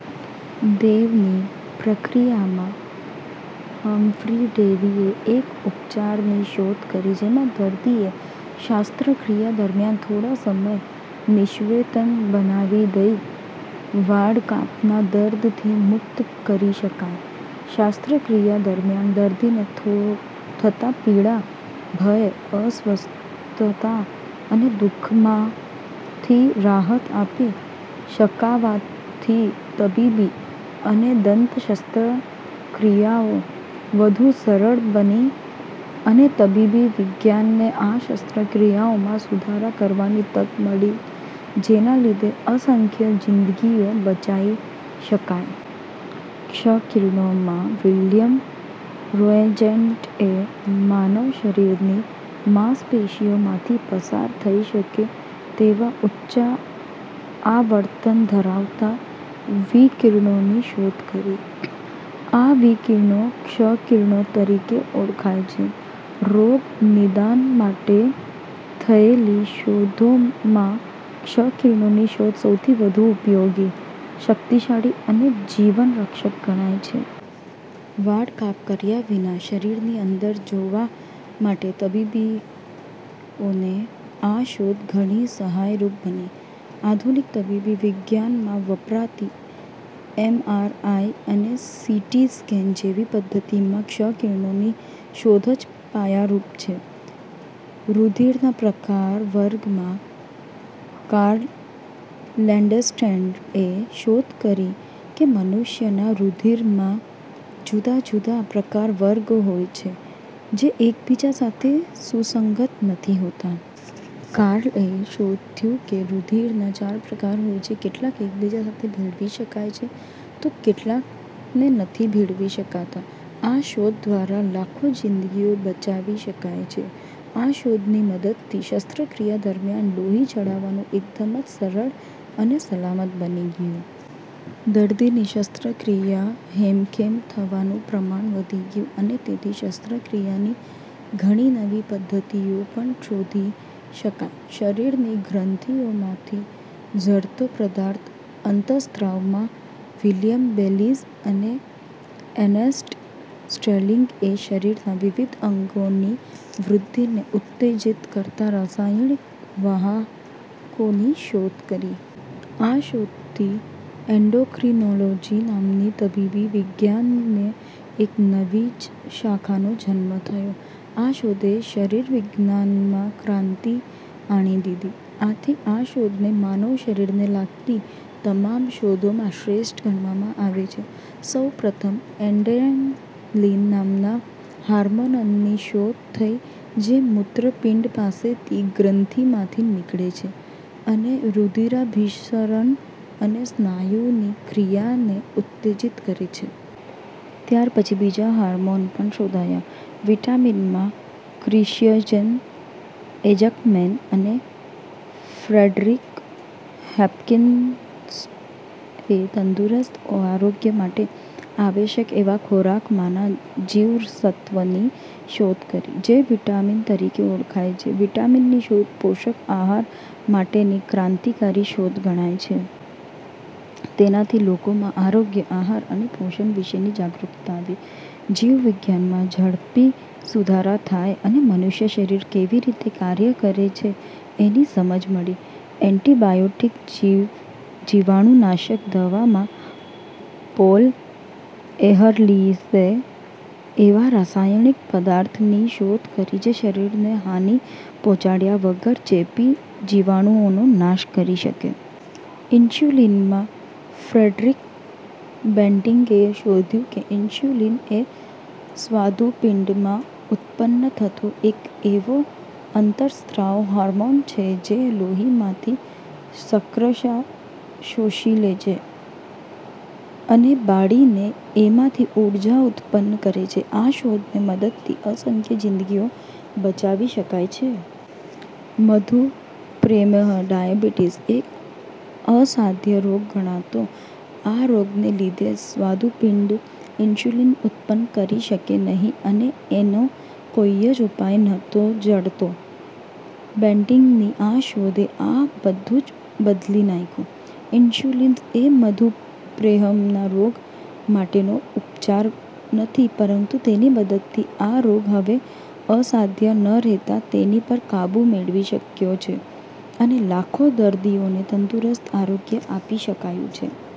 દેવાની પ્રક્રિયા માં હમ્ફ્રી ડેવીએ એક ઉપચારની શોધ કરી જેમાં દર્દીને શસ્ત્રક્રિયા દરમ્યાન થોડો સમય નિશ્ચેતન બનાવી દઈને વાઢકાપના દર્દથી મુક્ત કરી શકાય. શસ્ત્રક્રિયા દરમ્યાન દર્દીને થતા પીડા, ભય, અસ્વસ્થતા અને દુઃખમાંથી રાહત આપી શકાવાથી તબીબી અને દંત શસ્ત્રક્રિયાઓ વધુ સરળ બની અને તબીબી વિજ્ઞાનને આ શસ્ત્રક્રિયાઓમાં સુધારા કરવાની તક મળી જેના લીધે અસંખ્ય જીન્દગીઓ બચાવી શકાઈ. ક્ષ કિરણો માં વિહેલ્મ રોએન્ટજેનએ માનવશરીરની માંસપેશીઓમાંથી પસાર થઇ શકે તેવા ઊંચા આવર્તન ધરાવતા વિકિરણોની શોધ કરી. આ વિકિરણો ક્ષ કિરણો તરીકે ઓળખાય છે. રોગ નિદાન માટે થયેલી શોધોમાં ક્ષ કિરણોની શોધ સૌથી વધુ ઉપયોગી, શક્તિશાળી અને જીવનરક્ષક ગણાય છે. વાઢકાપ કર્યા વિના શરીરની અંદર જોવા માટે તબીબોને આ શોધ ઘણી સહાયરૂપ બની. આધુનિક તબીબી વિજ્ઞાનમાં વપરાતી એમ. આર. આઈ. અને સી. ટી. સ્કેન જેવી પધ્ધતિમાં ક્ષ કિરણોની શોધ જ પાયારૂપ છે. રુધિરના પ્રકાર-વર્ગ માં કાર્લ લેન્ડસ્ટેનરએ શોધ કરી કે મનુષ્યના રુધિરના જુદા જુદા પ્રકાર-વર્ગ હોય છે જે એકબીજા સાથે સુસંગત નથી હોતા. કાર્લએ શોધ્યું કે રુધિરના ચાર પ્રકાર હોય છે. કેટલાક એકબીજા સાથે ભેળવી શકાય છે તો કેટલાકને નથી ભેળવી શકાતા. આ શોધ દ્વારા લાખો જીન્દગીઓ બચાવી શકાઇ છે. આ શોધની મદદથી શસ્ત્રક્રિયા દરમ્યાન લોહી ચઢાવવાનું એકદમ જ સરળ અને સલામત બની ગયું. દર્દીની શસ્ત્રક્રિયા હેમખેમ થવાનું પ્રમાણ વધી ગયું અને તેથી શસ્ત્રક્રિયાની ઘણી નવી પદ્ધતિઓ પણ શોધી શકાઇ. શરીરની ગ્રંથીઓમાંથી ઝરતો પદાર્થ અંત:સ્ત્રાવ માં વિલિયમ બેલિસ અને અર્નેસ્ટ સ્ટર્લીંગએ શરીરના વિવિધ અંગોની વૃદ્ધિને ઉત્તેજિત કરતા રસાયણિક વાહકોની શોધ કરી. આ શોધથી એન્ડોક્રીનોલોજી નામની તબીબી વિજ્ઞાનની એક નવી જ શાખાનો જન્મ થયો. આ શોધે શરીરવિજ્ઞાનમાં ક્રાંતિ આણી દીધી. આથી આ શોધને માનવ શરીરને લગતી તમામ શોધોમાં શ્રેષ્ઠ ગણવામાં આવે છે. સૌપ્રથમ અડ્રેનલીન નામના હોર્મોનની શોધ થઇ જે મૂત્રપિંડ પાસેની ગ્રંથિમાંથી નીકળે છે અને રુધિરાભિસરણ અને સ્નાયુની ક્રિયાને ઉત્તેજિત કરે છે. ત્યાર પછી બીજા હોર્મોન પણ શોધાયા. વિટામીન માં ક્રિશ્ચયન એજક્મેન અને ફ્રેડરિક હોપકિન્સએ તંદુરસ્ત આરોગ્ય માટે આવશ્યક એવા ખોરાકમાંના જીવનસત્વની શોધ કરી. જે વિટામીન તરીકે ઓળખાય છે. વિટામીનની શોધ પોષક આહાર માટેની ક્રાંતિકારી શોધ ગણાય છે. તેનાથી લોકોમાં આરોગ્ય, આહાર અને પોષણ વિષેની જાગૃક્તા આવી. જીવવિજ્ઞાનમાં ઝડપી સુધારા થયા અને મનુષ્ય શરીર કેવી રીતે કાર્ય કરે છે એની સમજ મળી. એન્ટિબાયોટિક જીવાણુનાશક દવા માં પોલ એહરલીચએ એવા રસાયણિક પદાર્થની શોધ કરી જે શરીરને હાની પહોંચાડ્યા વગર ચેપી જીવાણુઓનો નાશ કરી શકે. ઇન્સ્યુલિન માં ફ્રેડરિક બેન્ટીંગએ શોધ્યું કે ઇન્સ્યુલિન એ સ્વાદુપિંડમાં ઉત્તપન્ન થતો એક એવો અંતસ્ત્રાવ હોર્મોન છે જે લોહીમાંથી શર્કરા શોષી લઇ, એને બાળીને એમાંથી ઊર્જા ઉત્તપન્ન કરે છે. આ શોધની મદદથી અસંખ્ય જીન્દગીઓ બચાવી શકાઇ છે. મધુપ્રમેહ-ડાયાબીટીસ એક અસાધ્ય રોગ ગણાતો. આ રોગને લીધે સ્વાદુપિંડ ઇન્સ્યુલિન ઉત્તપન્ન કરી શકે નહીં અને આનો કોઈ જ ઉપાય નહોતો જડતો. બેન્ટીંગની આ શોધે આ બધું જ બદલી નાંખ્યું. ઇન્સ્યુલિન એ મધુપ્રમેહના રોગ માટેનો ઉપચાર નથી પરંતુ તેની મદદથી આ રોગ હવે અસાધ્ય ન રહેતાં તેની પર કાબુ મેળવી શકાયો છે અને લાખો દર્દીઓને તંદુરસ્ત આરોગ્ય આપી શકાયું છે.